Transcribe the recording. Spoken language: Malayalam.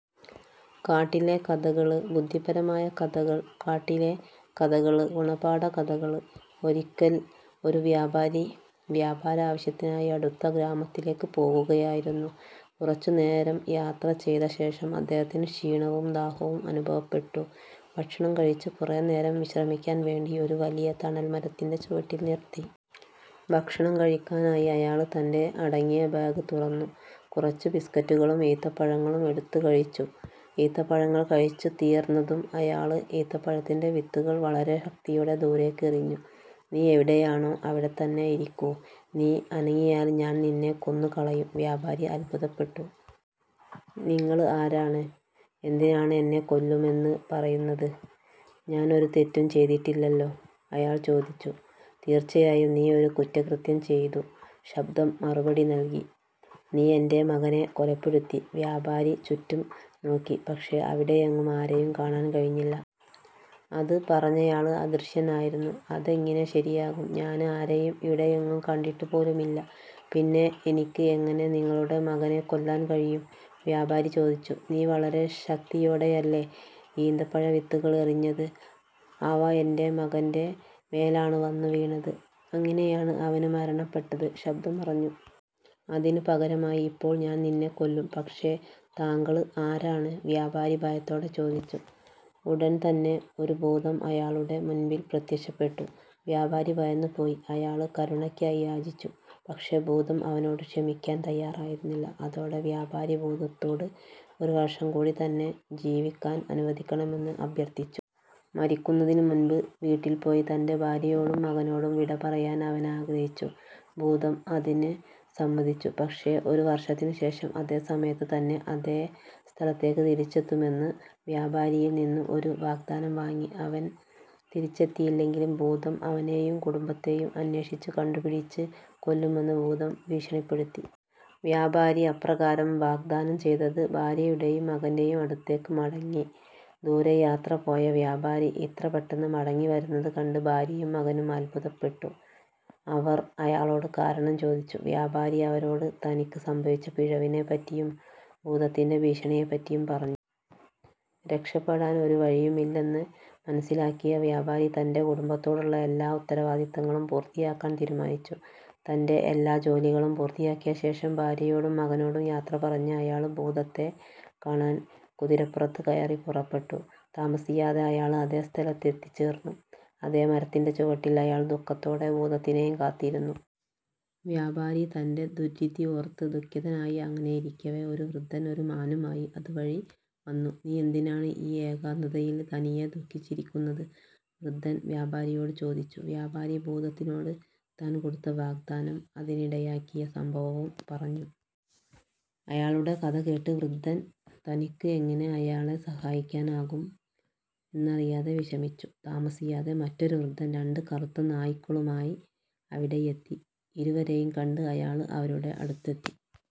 കാട്ടിലെ കഥകള് ബുദ്ധിപരമായ കഥകൾ കാട്ടിലെ കഥകള് ഗുണപാഠ കഥകള് ഒരിയ്ക്കല് ഒരു വ്യാപാരി വ്യാപാര ആവശ്യത്തിനായി അടുത്ത ഗ്രാമത്തിലേക്ക് പോകുകയായിരുന്നു. കുറച്ചു നേരം യാത്ര ചെയ്ത ശേഷം അദ്ദേഹത്തിന് ക്ഷീണവും ദാഹവും അനുഭവപ്പെട്ടു. ഭക്ഷണം കഴിച്ച് കുറച്ചു നേരം വിശ്രമിക്കാൻ വേണ്ടി ഒരു വലിയ തണൽ മരത്തിന്റെ ചുവട്ടിൽ നിർത്തി. ഭക്ഷണം കഴിക്കാനായി അയാള് തന്റെ അടങ്ങിയ ബാഗ് തുറന്നു. കുറച്ച് ബിസ്കറ്റുകളും ഈത്തപ്പഴങ്ങളും എടുത്തു കഴിച്ചു. ഈത്തപ്പഴങ്ങൾ കഴിച്ചു തീര്ന്നതും അയാള് ഈത്തപ്പഴത്തിന്റെ വിത്തുകൾ വളരെ ശക്തിയോടെ ദൂരെയ്ക്ക് എറിഞ്ഞു. "നീ എവിടെയാണോ അവിടെത്തന്നെ ഇരിക്കൂ. നീ അനങ്ങിയാല് ഞാൻ നിന്നെ കൊന്നു കളയും. " വ്യാപാരി അത്ഭുതപ്പെട്ടു. "നിങ്ങള് ആരാണ്? എന്തിനാണ് എന്നെ കൊല്ലുമെന്ന് പറയുന്നത്? ഞാൻ ഒരു തെറ്റും ചെയ്തിട്ടില്ലല്ലോ? " അയാൾ ചോദിച്ചു. "തീര്ച്ചയായും നീ ഒരു കുറ്റകൃത്യം ചെയ്തു," ശബ്ദം മറുപടി നൽകി. "നീ എന്റെ മകനെ കൊലപ്പെടുത്തി. " വ്യാപാരി ചുറ്റും നോക്കി, പക്ഷേ അവിടെയെങ്ങും ആരെയും കാണാൻ കഴിഞ്ഞില്ല. അത് പറഞ്ഞയാള് അദൃശ്യനായിരുന്നു. "അതെങ്ങിനെ ശരിയാകും. ഞാന് ആരെയും ഇവിടെയെങ്ങും കണ്ടിട്ടു പോലുമില്ല. പിന്നെ എനിക്ക് എങ്ങനെ നിങ്ങളുടെ മകനെ കൊല്ലാൻ കഴിയും? " വ്യാപാരി ചോദിച്ചു. "നീ വളരെ ശക്തിയോടെയല്ലേ ഈന്തപ്പഴ വിത്തുകൾ എറിഞ്ഞത്, അവ എന്റെ മകന്റെ മേലാണ് വന്നു വീണത്. അങ്ങിനെയാണ് അവന് മരണപ്പെട്ടത്," ശബ്ദം പറഞ്ഞു. " അതിന് പകരമായി ഇപ്പോൾ, ഞാൻ നിന്നെ കൊല്ലും. " "പക്ഷേ താങ്കള് ആരാണ്? " വ്യാപാരി ഭയത്തോടെ ചോദിച്ചു. ഉടന് തന്നെ ഒരു ഭൂതംഅയാളുടെ മുന്പില് പ്രത്യക്ഷപ്പെട്ടു. വ്യാപാരി ഭയന്നു പോയി. അയാള് കരുണയ്ക്കായി യാചിച്ചു. പക്ഷേ, ഭൂതം അവനോട് ക്ഷമിക്കാൻ തയ്യാറായിരുന്നില്ല. അതോടെ വ്യാപാരി ഭൂതത്തോട് ഒരു വർഷം കൂടി തന്നെ ജീവിക്കാന് അനുവദിക്കണമെന്ന് അഭ്യർത്ഥിച്ചു. മരിക്കുന്നതിന് മുമ്പ് വീട്ടിൽ പോയി തന്റെ ഭാര്യയോടും മകനോടും വിട പറയാൻ അവൻ ആഗ്രഹിച്ചു. ഭൂതം അതിന് സമ്മതിച്ചു. പക്ഷേ ഒരു വർഷത്തിനുശേഷം അതേ സമയത്ത് തന്നെ അതേ സ്ഥലത്തേക്ക് തിരിച്ചെത്തുമെന്ന് വ്യാപാരിയിൽ നിന്ന് ഒരു വാഗ്ദാനം വാങ്ങി. അവൻ തിരിച്ചെത്തിയില്ലെങ്കിൽ, ഭൂതം അവനെയും കുടുംബത്തെയും അന്വേഷിച്ച് കണ്ടുപിടിച്ച് കൊല്ലുമെന്നും ഭൂതം ഭീഷണിപ്പെടുത്തി. വ്യാപാരി അപ്രകാരം വാഗ്ദാനം ചെയ്ത് ഭാര്യയുടെയും മകന്റെയും അടുത്തേക്ക് മടങ്ങി. ദൂര യാത്ര പോയ വ്യാപാരി ഇത്ര പെട്ടെന്ന് മടങ്ങിവരുന്നത് കണ്ട് ഭാര്യയും മകനും അത്ഭുതപ്പെട്ടു. അവര് അയാളോട് കാരണം ചോദിച്ചു. വ്യാപാരി അവരോട് തനിക്ക് സംഭവിച്ച പിഴവിനെ പറ്റിയും, ഭൂതത്തിന്റെ ഭീഷണിയെ പറ്റിയും പറഞ്ഞു. രക്ഷപ്പെടാൻ ഒരു വഴിയുമില്ലെന്ന് മനസ്സിലാക്കിയ വ്യാപാരി തന്റെ കുടുംബത്തോടുള്ള എല്ലാ ഉത്തരവാദിത്തങ്ങളും പൂർത്തിയാക്കാൻ തീരുമാനിച്ചു. തന്റെ എല്ലാ ജോലികളും പൂർത്തിയാക്കിയ ശേഷം, ഭാര്യയോടും മകനോടും യാത്ര പറഞ്ഞ് അയാള് ഭൂതത്തെ കാണാൻ കുതിരപ്പുറത്ത് കയറി പുറപ്പെട്ടു. താമസിയാതെ അയാള് അതേ സ്ഥലത്ത് എത്തിച്ചെര്ന്നു, അതേ മരത്തിന്റെ ചുവട്ടിൽ അയാള് ദുഃഖത്തോടെ ഭൂതത്തിനെയും കാത്ത് ഇരുന്നു. വ്യാപാരി തന്റെ ദുര്വിധി ഓര്ത്ത് ദുഖിതനായി അങ്ങിനെ ഇരിക്കവേ, ഒരു വൃദ്ധൻ ഒരു മാനുമായി അത് വഴി വന്നു. "നീ എന്തിനാണ് ഈ ഏകാന്തതയില് തനിയെ ദുഖിച്ച് ഇരിക്കുന്നത്? " വൃദ്ധന് വ്യാപാരിയോട് ചോദിച്ചു. വ്യാപാരി ഭൂതത്തിനോട് താന് കൊടുത്ത വാഗ്ദാനവും അതിനിടയാക്കിയ സംഭവവും പറഞ്ഞു. അയാളുടെ കഥ കേട്ട വൃദ്ധന് തനിക്ക് എങ്ങിനെ അയാളെ സഹായിക്കാനാകും എന്നറിയാതെ വിഷമിച്ചു. താമസിയാതെ, മറ്റൊരു വൃദ്ധൻ രണ്ട് കറുത്ത നായ്ക്കളുമായി അവിടെയെത്തി. ഇരുവരെയും കണ്ട് അയാള് അവരുടെ അടുത്തെത്തി.